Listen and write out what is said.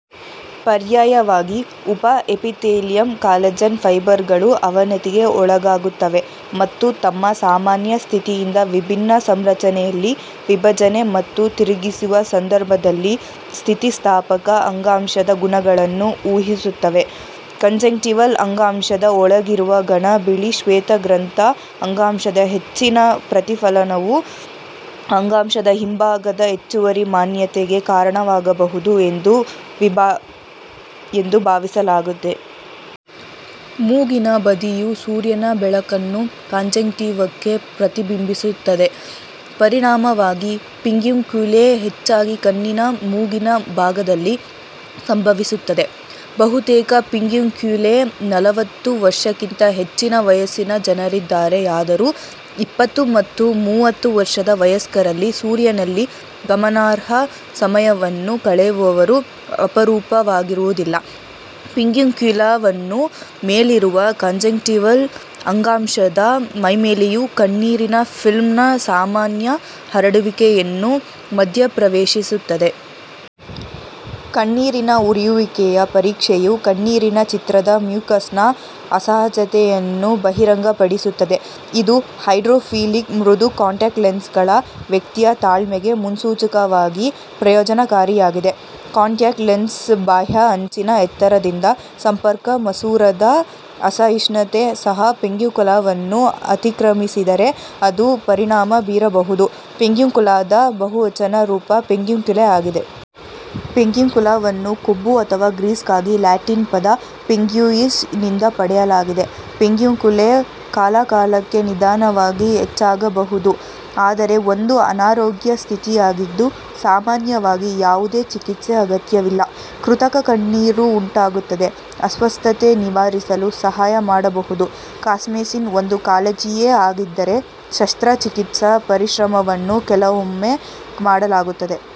ಪರ್ಯಾಯವಾಗಿ, ಉಪ-ಎಪಿಥೆಲಿಯಲ್ ಕಾಲಜನ್ ಫೈಬರ್ಗಳು ಅವನತಿಗೆ ಒಳಗಾಗುತ್ತವೆ ಮತ್ತು ತಮ್ಮ ಸಾಮಾನ್ಯ ಸ್ಥಿತಿಯಿಂದ ವಿಭಿನ್ನ ಸಂರಚನೆಯಲ್ಲಿ ವಿಭಜನೆ ಮತ್ತು ತಿರುಗಿಸುವ ಸಂದರ್ಭದಲ್ಲಿ ಸ್ಥಿತಿಸ್ಥಾಪಕ ಅಂಗಾಂಶದ ಗುಣಗಳನ್ನು ಊಹಿಸುತ್ತವೆ. ಕಂಜಂಕ್ಟಿವಲ್ ಅಂಗಾಂಶದ ಒಳಗಿರುವ ಘನ ಬಿಳಿ ಶ್ವೇತಗ್ರಸ್ತ ಅಂಗಾಂಶದ ಹೆಚ್ಚಿನ ಪ್ರತಿಫಲನವು ಅಂಗಾಂಶದ ಹಿಂಭಾಗದ ಹೆಚ್ಚುವರಿ ಮಾನ್ಯತೆಗೆ ಕಾರಣವಾಗಬಹುದು ಎಂದು ಭಾವಿಸಲಾಗಿದೆ. ಮೂಗಿನ ಬದಿಯು ಸೂರ್ಯನ ಬೆಳಕನ್ನು ಕಾಂಜಂಕ್ಟಿವಕ್ಕೆ ಪ್ರತಿಬಿಂಬಿಸುತ್ತದೆ. ಪರಿಣಾಮವಾಗಿ, ಪಿಂಗ್ಯುಕ್ಯುಲೇ ಹೆಚ್ಚಾಗಿ ಕಣ್ಣಿನ ಮೂಗಿನ ಭಾಗದಲ್ಲಿ ಸಂಭವಿಸುತ್ತದೆ. ಬಹುತೇಕ ಪಿಂಗ್ಯುಕ್ಯುಲೇ ನಲವತ್ತು ವರ್ಷಕ್ಕಿಂತ ಹೆಚ್ಚಿನ ವಯಸ್ಸಿನ ಜನರಿದ್ದಾರೆಯಾದರೂ, ಇಪ್ಪತ್ತು ಮತ್ತು ಮೂವತ್ತು ವರ್ಷದ ವಯಸ್ಕರಲ್ಲಿ ಸೂರ್ಯನಲ್ಲಿ ಗಮನಾರ್ಹ ಸಮಯವನ್ನು ಕಳೆಯುವವರು ಅಪರೂಪವಾಗಿರುವುದಿಲ್ಲ. ಪಿಂಗ್ಯುಕ್ಯುಲಾವನ್ನು ಮೇಲಿರುವ ಕಾಂಜಂಕ್ಟಿವಲ್ ಅಂಗಾಂಶದ ಮೇಲ್ಮೈಯು ಕಣ್ಣೀರಿನ ಫಿಲ್ಮ್ನ ಸಾಮಾನ್ಯ ಹರಡುವಿಕೆಯನ್ನು ಮಧ್ಯಪ್ರವೇಶಿಸುತ್ತದೆ. ಕಣ್ಣೀರಿನ ಉರಿಯುವಿಕೆಯ ಪರೀಕ್ಷೆಯು ಕಣ್ಣೀರಿನ ಚಿತ್ರದ ಮ್ಯೂಕಸ್ನ ಅಸಹಜತೆಯನ್ನು ಬಹಿರಂಗಪಡಿಸುತ್ತದೆ, ಇದು ಹೈಡ್ರೋಫಿಲಿಕ್ ಮೃದು ಕಾಂಟ್ಯಾಕ್ಟ್ ಲೆನ್ಸ್ಗಳ ವ್ಯಕ್ತಿಯ ತಾಳ್ಮೆಗೆ ಮುನ್ಸೂಚಕವಾಗಿ ಪ್ರಯೋಜನಕಾರಿಯಾಗಿದೆ. ಕಾಂಟ್ಯಾಕ್ಟ್ ಲೆನ್ಸ್ನ ಬಾಹ್ಯ ಅಂಚಿನ ಎತ್ತರದಿಂದ ಸಂಪರ್ಕ ಮಸೂರದ ಅಸಹಿಷ್ಣುತೆ ಸಹ ಪಿಂಗ್ಯುಕುಲಾವನ್ನು ಅತಿಕ್ರಮಿಸಿದರೆ ಅದು ಪರಿಣಾಮ ಬೀರಬಹುದು. ಪಿಂಗ್ಯುಕುಲಾದ ಬಹುವಚನ ರೂಪ ಪಿಂಗ್ಯುಕ್ಯುಲೇ ಆಗಿದೆ. ಪಿಂಗ್ಯುಕುಲಾವನ್ನು ಕೊಬ್ಬು ಅಥವಾ ಗ್ರೀಸ್ಗಾಗಿ ಲ್ಯಾಟಿನ್ ಪದ "ಪಿಂಗ್ಯುಯಿಸ್" ನಿಂದ ಪಡೆಯಲಾಗಿದೆ. ಪಿಂಗ್ಯುಕ್ಯುಲೇ ಕಾಲಕಾಲಕ್ಕೆ ನಿಧಾನವಾಗಿ ಹೆಚ್ಚಾಗಬಹುದು, ಆದರೆ ಒಂದು ಅನಾರೋಗ್ಯ ಸ್ಥಿತಿಯಾಗಿದ್ದು, ಸಾಮಾನ್ಯವಾಗಿ ಯಾವುದೇ ಚಿಕಿತ್ಸೆ ಅಗತ್ಯವಿಲ್ಲ. ಕೃತಕ ಕಣ್ಣೀರು ಉಂಟಾಗುತ್ತದೆ, ಅಸ್ವಸ್ಥತೆ ನಿವಾರಿಸಲು ಸಹಾಯ ಮಾಡಬಹುದು. ಕಾಸ್ಮೆಸಿಸ್ ಒಂದು ಕಾಳಜಿಯೇ ಆಗಿದ್ದರೆ, ಶಸ್ತ್ರಚಿಕಿತ್ಸಾ ಪರಿಶ್ರಮವನ್ನು ಕೆಲವೊಮ್ಮೆ ಮಾಡಲಾಗುತ್ತದೆ.